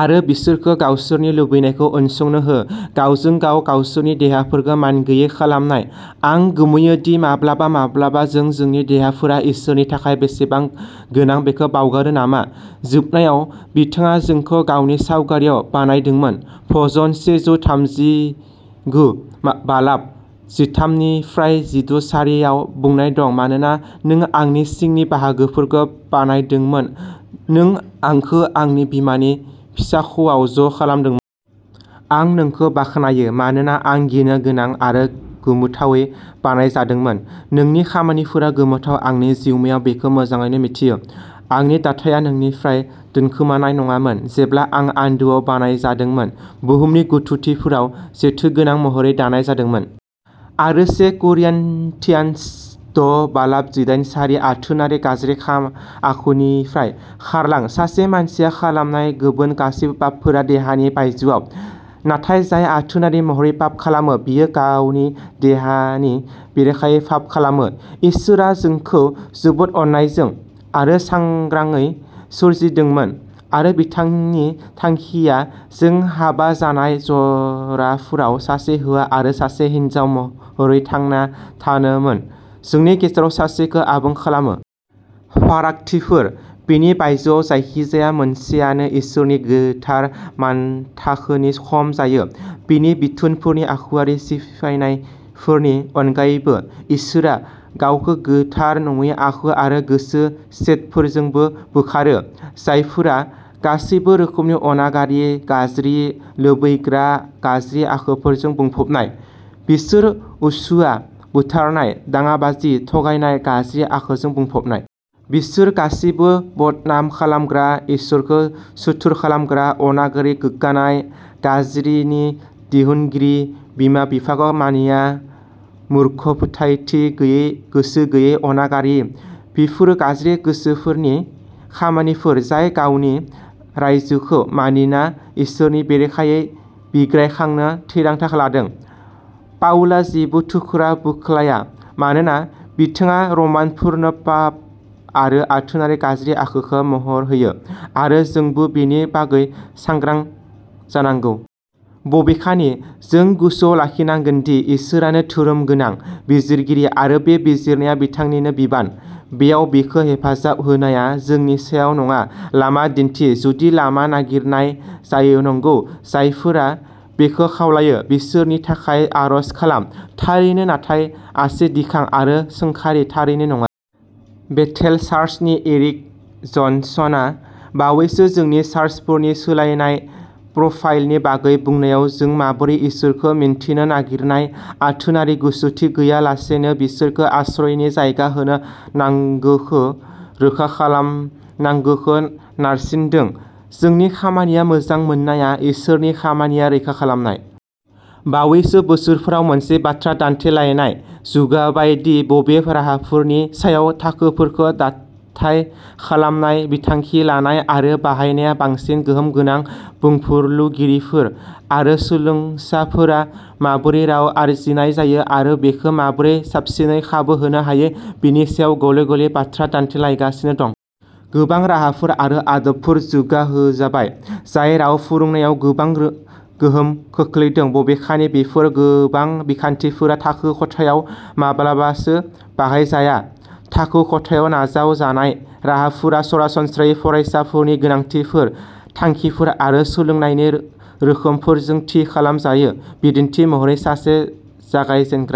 आरो बिसोरखौ गावसोरनि लुबैनायखौ उनसंनो हो गावजों गाव गावसोरनि देहाफोरखौ मानगैयै खालामनाय। आं गोमोयो दि माब्लाबा माब्लाबा जों जोंनि देहाफोरा इसोरनि थाखाय बेसेबां गोनां बेखौ बावगारो नामा? जोबनायाव बिथाङा जोंखौ गावनि सावगारिआव बानायदोंमोन भजन सेजौ थामजिगु बालाब जिथामनिफ्राइ जिद’ सारि आव बुंनाय दं मानोना नों आंनि सिंनि बाहागोफोरखौ बानायदोंमोन नों आंखौ आंनि बिमानि फिसाख'आव ज' खालामदोंमोन। आं नोंखौ बाख्नायो, मानोना आं गिनो गोनां आरो गोमोथावै बानायजादोंमोन। नोंनि खामानिफोरा गोमोथाव आंनि जिउमाया बेखौ मोजाङैनो मिथियो। आंनि दाथाया नोंनिफ्राय दोनखोमानाय नङामोन जेब्ला आं आन्दोआव बानायजादोंमोन, बुहुमनि गोथौथिफोराव जेथोगोनां महरै दानाय जादोंमोन'। आरो से करिन्थियान्स द’ बालाब जिदाइन सारि आथोनारि गाज्रि आखुनिफ्राय खारलां। सासे मानसिया खालामनाय गुबुन गासैबो पापफोरा देहानि बायजोआव, नाथाय जाय आथोनारि महरै पाप खालामो, बियो गावनि देहानि बेरेखायै फाफ खालामो। इसोरआ जोंखो जोबोद अननायजों आरो सांग्राङै सोरजिदोंमोन आरो बिथांनि थांखिया जों हाबा जानाय जराफोराव सासे हौवा आरो सासे हिनजाव महरै थांना थानोमोन, जोंनि गेजेराव सासेखो आबुं खालामनो। फारागथिफोर। बेनि बायजोआव जायखिजाया मोनसेआनो इसोरनि गोथार मानथाखोनि खम जायो। बिनि बिथोनफोरनि आखुयारि सिफायनायफोरनि अनगायैबो, इसोरआ गावखो गोथार नङि आखु आरो गोसो सेटफोरजोंबो बोखारो, जायफोरा'गासैबो रोखोमनि अनागारि, गाज्रि, लुबैग्रा, गाज्रि आखुफोरजों बुंफबनाय। बिसोर असुया, बुथारनाय, दाङाबाजि, थगायनाय, गाज्रि आखुजों बुंफबनाय। बिसोर गासिबो, बदनाम खालामग्रा, इसोरखो सुथुर खालामग्रा, अनागारि, गोग्गानाय, गाज्रिनि दिहुनगिरि बिमा-बिफाखौ मानिया, मुर्ख फोथायथि गैयै, गोसो गैयै, अनागारि। बेफोरो गाज्रि गोसोफोर'नि खामानिफोर जाय गावनि रायजोखो मानिना इसोरनि बेरेखायै बिग्रायखांनो थिरांथा लादों। पाउलआ जेबो थुख्रा बोख्लाया मानोना बिथाङा रमानफोरनो पाप आरो आथोनारि गाज्रि आखुखौ महर होयो आरो जोंबो बेनि बागै सांग्रां जानांगौ। बबेखानि, जों गोसोआव लाखिनांगोन दि इसोरानो धोरोमगोनां बिजिरगिरि आरो बे बिजिरनाया बिथांनिनो बिबान। बेयाव बिखौ हेफाजाब होनाया जोंनि सायाव नङा लामा दिन्थि जुदि लामा नागिरनाय जायो नंगौ जायफोरा बेखौ खावलायो, बिसोरनि थाखाय आर'ज खालाम थारैनो नाथाय आसि दिखां आरो सोंखारि थारैनो नङा। बेथेल चार्चनि एरिक जनसनआ, बावैसो जोंनि चार्चफोरनि सोलायनाय प्रफाइलनि बागै बुंनायाव, जों माबोरै इसोरखौ मिन्थिनो नागिरनाय आथोनारि गोसोथि गैयालासेनो, बिसोरखौ आश्रयनि जायगा होनो नांगौखौ रोखा खालामनांगौखौ नारसिनदों। जोंनि खामानिया मोजां मोननाया, इसोरनि खामानिया रैखा खालामनाय। बावैसो बोसोरफोराव मोनसे बाथ्रा दान्थेलायनाय जौगाबाय दि बबे राहाफोरनि सायाव थाखोफोरखौ दाथाय खालामनाय, बिथांखि लानाय आरो बाहायनाया बांसिन गोहोम गोनां। बुंफुरलुगिरिफोर आरो सोलोंसाफोरा माबोरै राव आरजिनाय जायो आरो बेखौ माबोरै साबसिनै खाबु होनो हायो बेनि सायाव गले गले बाथ्रा दान्थेलायगासिनो दं। गोबां राहाफोर आरो आदबफोर जौगाहोजाबाय जाय राव फोरोंनायाव गोबां गोहोम खोख्लैदों, बबेखानि बेफोर गोबां बिखान्थिफोरा थाखो खथायाव माब्लाबासो बाहायजाया। थाखो खथायाव नाजावजानाय राहाफोरा सरासनस्रायै फरायसाफोरनि गोनांथिफोर, थांखिफोर आरो सोलोंनायनि रो रोखोमफोरजों थि खालामजायो। बिदिन्थि महरै सासे जागायजेनग्रा।